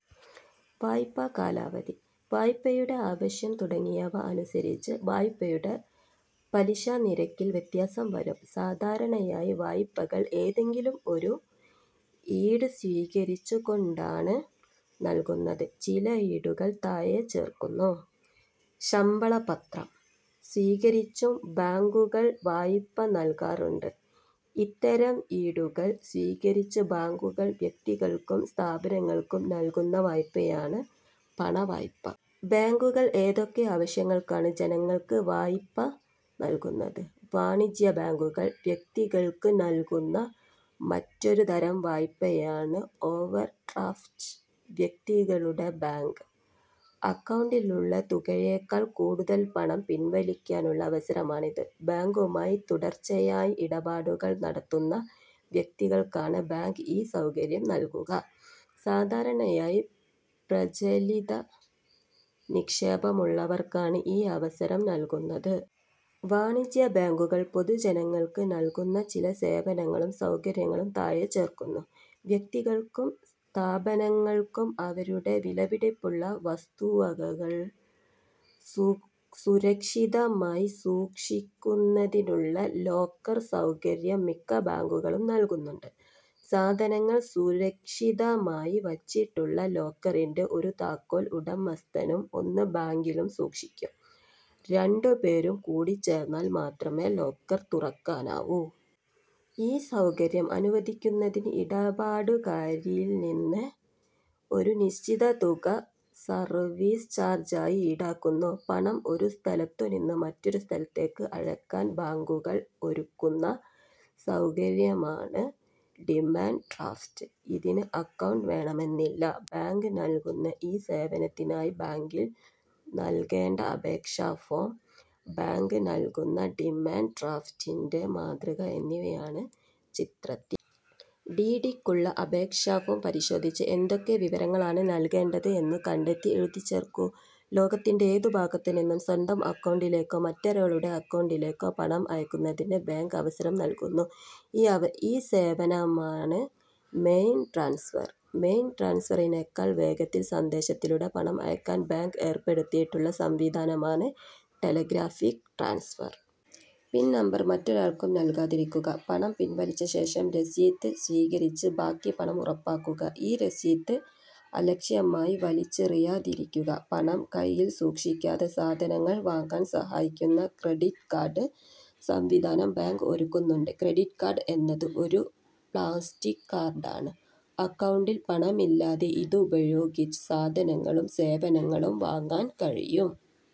വായ്പാകാലാവധി, വായ്പയുടെ ആവശ്യം തുടങ്ങിയവ അനുസരിച്ച് വായ്പയുടെ പലിശനിരക്കിൽ വ്യത്യാസം വരും. സാധാരണയായി വായ്പകൾ ഏതെങ്കിലും ഒരു ഈട് സ്വീകരിച്ചു കൊണ്ടാണ് നൽകുന്നത്. ചില ഈടുകൾ താഴെ ചേർക്കുന്നു. ശമ്പളപത്രം സ്വീകരിച്ചും ബാങ്കുകൾ വായ്പ നൽകാറുണ്ട്. ഇത്തരം ഈടുകൾ സ്വീകരിച്ച് ബാങ്കുകൾ വ്യക്തികൾക്കും സ്ഥാപ നങ്ങൾക്കും നൽകുന്ന വായ്പയാണ് പണവായ്പ. ബാങ്കുകൾ ഏതൊക്കെ ആവശ്യങ്ങൾക്കാണ് ജനങ്ങൾക്ക് വായ്പ നൽകുന്നത്? വാണിജ്യബാങ്കുകൾ വ്യക്തികൾക്കു നൽകുന്ന മറ്റൊരു തരം വായ്പയാണ് ഓവർഡ്രാഫ്റ്റ്. വ്യക്തികളുടെ ബാങ്ക് അക്കൗണ്ടിലുള്ള തുകയേക്കാൾ കൂടുതൽ പണം പിൻവലിക്കാനുള്ള അവസരമാണിത്. ബാങ്കുമായി തുടർച്ചയായി ഇടപാടുകൾ നടത്തുന്ന വ്യക്തികൾക്കാണ് ബാങ്ക് ഈ സൗകര്യം നൽകുക. സാധാരണയായി പ്രചലിത നിക്ഷേപമുള്ളവർക്കാണ് ഈ അവസരം നൽകുന്നത്. വാണിജ്യബാങ്കുകൾ പൊതുജനങ്ങൾക്കു നൽകുന്ന ചില സേവനങ്ങളും സൗകര്യങ്ങളും താഴെ ചേർക്കുന്നു. വ്യക്തികൾക്കും സ്ഥാപനങ്ങൾക്കും അവരുടെ വിലപിടിപ്പുള്ള വസ്തുവ കകൾ സുരക്ഷിതമായി സൂക്ഷിക്കുന്നതിനുള്ള ലോക്കർ സൗകര്യം മിക്ക ബാങ്കുകളും നൽകുന്നുണ്ട്. സാധനങ്ങൾ സുരക്ഷിതമായി വച്ചിട്ടുള്ള ലോക്കറിന്റെ ഒരു താക്കോൽ ഉടമസ്ഥനും ഒന്ന് ബാങ്കിലും സൂക്ഷിക്കും. രണ്ടുപേരും കൂടിച്ചേർന്നാൽ മാത്രമേ ലോക്കർ തുറക്കാനാവൂ. ഈ സൗകര്യം അനുവദിക്കുന്നതിന് ഇടപാടുകാരിൽനിന്ന് ഒരു നിശ്ചിത തുക സർവീസ് ചാർജായി ഈടാക്കുന്നു. പണം ഒരു സ്ഥലത്തുനിന്ന് മറ്റൊരു സ്ഥലത്തേക്ക് അയക്കാൻ ബാങ്കുകൾ ഒരുക്കുന്ന സൗകര്യമാണ് ഡിമാന്റ് ഡ്രാഫ്റ്റ്. ഇതിന് അക്കൗണ്ട് വേണമെന്നില്ല. ബാങ്ക് നൽകുന്ന ഈ സേവനത്തിനായി ബാങ്കിൽ നൽകേണ്ട അപേക്ഷാഫോം, ബാങ്ക് നൽകുന്ന ഡിമാന്റ് ഡ്രാഫ്റ്റിന്റെ മാതൃക എന്നിവയാണ് ചിത്രത്തിൽ. ഡി. ഡിക്കുള്ള അപേക്ഷാ ഫോം പരിശോധിച്ച് എന്തൊക്കെ വിവരങ്ങളാണ് നൽകേണ്ടത് എന്നു കണ്ടെത്തി എഴുതിച്ചേർക്കൂ. ലോകത്തിന്റെ ഏതു ഭാഗത്തു നിന്നും സ്വന്തം അക്കൗണ്ടിലേക്കോ മറ്റൊരാളുടെ അക്കൗണ്ടിലേക്കോ പണം അയക്കുന്നതിന് ബാങ്ക് അവസരം നൽകുന്നു. ഈ സേവനമാണ് മെയിൽ ട്രാൻസ്ഫർ. മെയിൽ ട്രാൻസ്ഫറിനേക്കാൾ വേഗത്തിൽ സന്ദേശത്തിലൂടെ പണം അയയ്ക്കാൻ ബാങ്ക് ഏർപ്പെടുത്തിയിട്ടുള്ള സംവിധാനമാണ് ടെലിഗ്രാഫിക് ട്രാൻസ്ഫർ. പിൻ നമ്പർ മറ്റൊരാൾക്കും നൽകാതിരിക്കുക. പണം പിൻവലിച്ചശേഷം രസീത് സ്വീകരിച്ച് ബാക്കി പണം ഉറപ്പാക്കുക. ഈ രസീത് അലക്ഷ്യമായി വലിച്ചെറിയാതിരിക്കുക. പണം കൈയിൽ സൂക്ഷിക്കാതെ സാധനങ്ങൾ വാങ്ങാൻ സഹായിക്കുന്ന ക്രെഡിറ്റ് കാർഡ് സംവിധാനം ബാങ്ക് ഒരുക്കുന്നുണ്ട്. ക്രെഡിറ്റ് കാർഡ് എന്നത് ഒരു പ്ലാസ്റ്റിക് കാർഡാണ്. അക്കൗണ്ടിൽ പണമില്ലാതെ ഇതുപയോഗിച്ച് സാധനങ്ങളും സേവനങ്ങളും വാങ്ങാൻ കഴിയും.